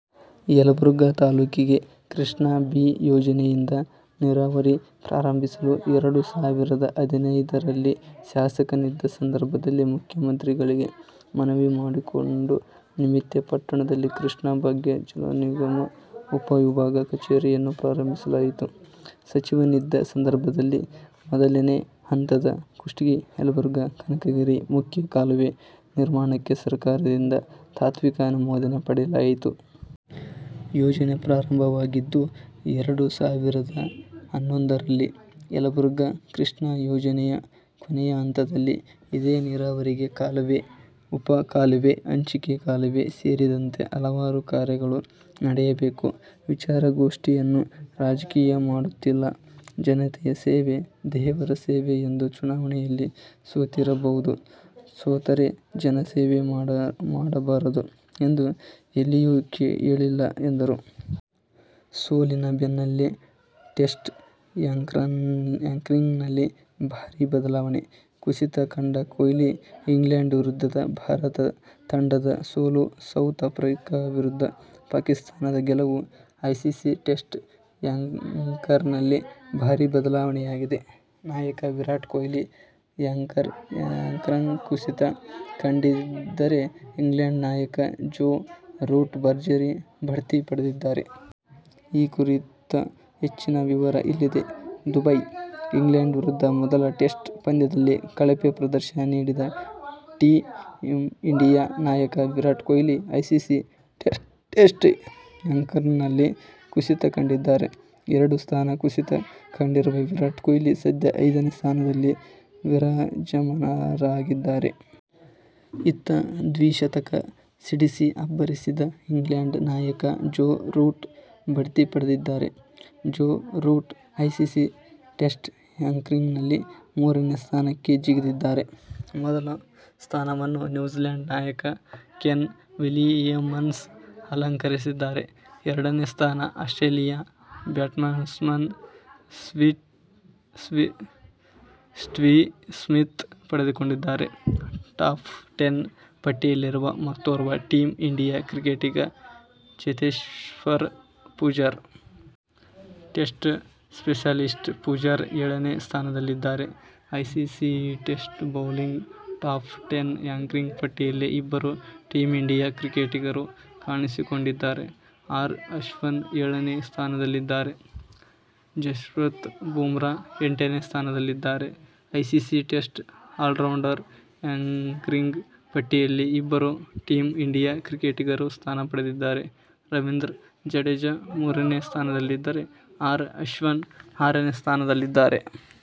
ಯಲಬುರ್ಗಾ ತಾಲೂಕಿಗೆ ಕೃಷ್ಣಾ ಬಿ ಯೋಜನೆಯಿಂದ ನೀರಾವರಿ ಪ್ರಾರಂಭಿಸಲು ಎರಡು ಸಾವಿರದ ಹದಿನೈದರಲ್ಲಿ ಶಾಸಕನಿದ್ದ ಸಂದರ್ಭದಲ್ಲಿ ಮುಖ್ಯಮಂತ್ರಿಗಳಿಗೆ ಮನವಿ ಮಾಡಿಕೊಂಡ ನಿಮಿತ್ಯ ಪಟ್ಟಣದಲ್ಲಿ ಕೃಷ್ಣಾ ಭಾಗ್ಯ ಜಲನಿಗಮ ಉಪ-ವಿಭಾಗ ಕಚೇರಿಯನ್ನು ಪ್ರಾರಂಭಿಸಲಾಯಿತು. ಸಚಿವನಿದ್ದ ಸಂದರ್ಭದಲ್ಲಿ ಮೊದಲನೆ ಹಂತದ ಕುಷ್ಟಗಿ-ಯಲಬುರ್ಗಾ, ಕನಕಗರಿ ಮುಖ್ಯ ಕಾಲುವೆ ನಿರ್ಮಾಣಕ್ಕೆ ಸರಕಾರದಿಂದ ತಾತ್ವಿಕ ಅನುಮೋದನೆ ಪಡೆಯಲಾಯಿತು. ಯೋಜನೆ ಪ್ರಾರಂಭವಾಗಿದ್ದು ಎರಡು ಸಾವಿರದ ಹನ್ನೊಂದರಲ್ಲಿ. ಯಲಬುರ್ಗಾ ಕೃಷ್ಣಾ ಯೋಜನೆಯ ಕೊನೆಯ ಹಂತದಲ್ಲಿ ಇದೆ. ನೀರಾವರಿಗೆ ಕಾಲುವೆ, ಉಪಕಾಲುವೆ, ಹಂಚಿಕೆ ಕಾಲುವೆ ಸೇರಿದಂತೆ ಹಲವಾರು ಕಾರ್ಯಗಳು ನಡೆಯಬೇಕು. ವಿಚಾರಗೋಷ್ಠಿಯನ್ನು ರಾಜಕೀಯ ಮಾಡುತ್ತಿಲ್ಲ. ಜನತಯ ಸೇವೆ ದೇವರ ಸೇವೆ ಎಂದು. ಚುನಾವಣೆಯಲ್ಲಿ ಸೋತಿರಬಹುದು. ಸೋತರೇ ಜನಸೇವೆ ಮಾಡಬಾರದು ಎಂದು ಎಲ್ಲಿಯೂ ಹೇಳಿಲ್ಲ ಎಂದರು. ಸೋಲಿನ ಬೆನ್ನಲ್ಲೇ ಟೆಸ್ಟ್ ರ್ಯಾಂಕ್ನಲ್ಲಿ ಭಾರಿ ಬದಲಾವಣೆ; ಕುಸಿತ ಕಂಡ ಕೊಹ್ಲಿ ಇಂಗ್ಲೆಂಡ್ ವಿರುದ್ಧದ ಭಾರತ ತಂಡದ ಸೋಲು, ಸೌತ್ ಆಫ್ರಿಕಾ ವಿರುದ್ಧ ಪಾಕಿಸ್ತಾನದ ಗೆಲುವು ಐಸಿಸಿ ಟೆಸ್ಟ್ ರ್ಯಾಂಕ್ನಲ್ಲಿ ಭಾರಿ ಬದಲಾವಣೆಯಾಗಿದೆ. ನಾಯಕ ವಿರಾಟ್ ಕೊಹ್ಲಿ ರ್ಯಾಂಕ್ ಕುಸಿತ ಕಂಡಿದ್ದರೆ, ಇಂಗ್ಲೆಂಡ್ ನಾಯಕ ಜೋ ರೂಟ್ ಭರ್ಜರಿ ಬಡ್ತಿ ಪಡೆದಿದ್ದಾರೆ. ಈ ಕುರಿತ ಹೆಚ್ಚಿನ ವಿವರ ಇಲ್ಲಿದೆ. ದುಬೈ: ಇಂಗ್ಲೆಂಡ್ ವಿರುದ್ದ ಮೊದಲ ಟೆಸ್ಟ್ ಪಂದ್ಯದಲ್ಲಿ ಕಳಪೆ ಪ್ರದರ್ಶನ ನೀಡಿದ ಟೀಂ ಇಂಡಿಯಾ ನಾಯಕ ವಿರಾಟ್ ಕೊಹ್ಲಿ ಐಸಿಸಿ ಟೆಸ್ಟ್ ರ್ಯಾಂಕ್ನಲ್ಲಿ ಕುಸಿತ ಕಂಡಿದ್ದಾರೆ. ಎರಡು ಸ್ಥಾನ ಕುಸಿತ ಕಂಡಿರುವ ವಿರಾಟ್ ಕೊಹ್ಲಿ ಸದ್ಯ ಐದನೇ ಸ್ಥಾನದಲ್ಲಿ ವಿರಾಜಮಾನರಾಗಿದ್ದಾರೆ. ಇತ್ತ ದ್ವಿಶತಕ ಸಿಡಿಸಿ ಅಬ್ಬರಿಸಿದ ಇಂಗ್ಲೆಂಡ್ ನಾಯಕ ಜೋ ರೂಟ್ ಬಡ್ತಿ ಪಡೆದಿದ್ದಾರೆ. ಜೋ ರೂಟ್ ಐಸಿಸಿ ಟೆಸ್ಟ್ ರ್ಯಾಂಕಿಂಗ್ನಲ್ಲಿ ಮೂರನೇ ಸ್ಥಾನಕ್ಕೆ ಜಿಗಿದಿದ್ದಾರೆ. ಮೊದಲ ಸ್ಥಾನವನ್ನು ನ್ಯೂಜಿಲೆಂಡ್ ನಾಯಕ ಕೇನ್ ವಿಲಿಯಮ್ಸನ್ ಅಲಂಕರಿಸಿದ್ದಾರೆ. ಎರಡನೇ ಸ್ಥಾನ ಆಸ್ಟ್ರೇಲಿಯಾ ಬ್ಯಾಟ್ಸ್ಮನ್ ಸ್ಟೀವ್ ಸ್ಮಿತ್ ಪಡೆದುಕೊಂಡಿದ್ದಾರೆ. ಟಾಪ್ ಟೆನ್ ಪಟ್ಟಿಯಲ್ಲಿರುವ ಮತ್ತೋರ್ವ ಟೀಂ ಇಂಡಿಯಾ ಕ್ರಿಕೆಟಿಗ ಚೇತೇಶ್ಪರ್ ಪೂಜಾರ. ಟೆಸ್ಟ್ ಸ್ಪೆಷಲಿಸ್ಟ್ ಪೂಜಾರ ಏಳನೇ ಸ್ಥಾನದಲ್ಲಿದ್ದಾರೆ. ICC test bowling top ten rank ಪಟ್ಟಿಯಲ್ಲಿ ಇಬ್ಬರು ಟೀಂ ಇಂಡಿಯಾ ಕ್ರಿಕೆಟಿಗರು ಕಾಣಿಸಿಕೊಂಡಿದ್ದಾರೆ. ಆರ್ ಅಶ್ವಿನ್ ಏಳನೇ ಸ್ಥಾನದಲ್ಲಿದ್ದರೆ, ಜಸ್ಪ್ರೀತ್ ಬುಮ್ರಾ ಎಂಟನೇ ಸ್ಥಾನದಲ್ಲಿದ್ದಾರೆ. ಐಸಿಸಿ ಟೆಸ್ಟ್ ಆಲ್ರೌಂಡರ್ ರ್ಯಾಂಕಿಂಗ್ ಪಟ್ಟಿಯಲ್ಲಿ ಇಬ್ಬರು ಟೀಂ ಇಂಡಿಯಾ ಕ್ರಿಕೆಟಿಗರು ಸ್ಥಾನ ಪಡೆದಿದ್ದಾರೆ. ರವೀಂದ್ರ ಜಡೇಜಾ ಮೂರನೇ ಸ್ಥಾನದಲ್ಲಿದ್ದರೆ, ಆರ್ ಅಶ್ವಿನ್ ಆರನೇ ಸ್ಥಾನದಲ್ಲಿದ್ದಾರೆ.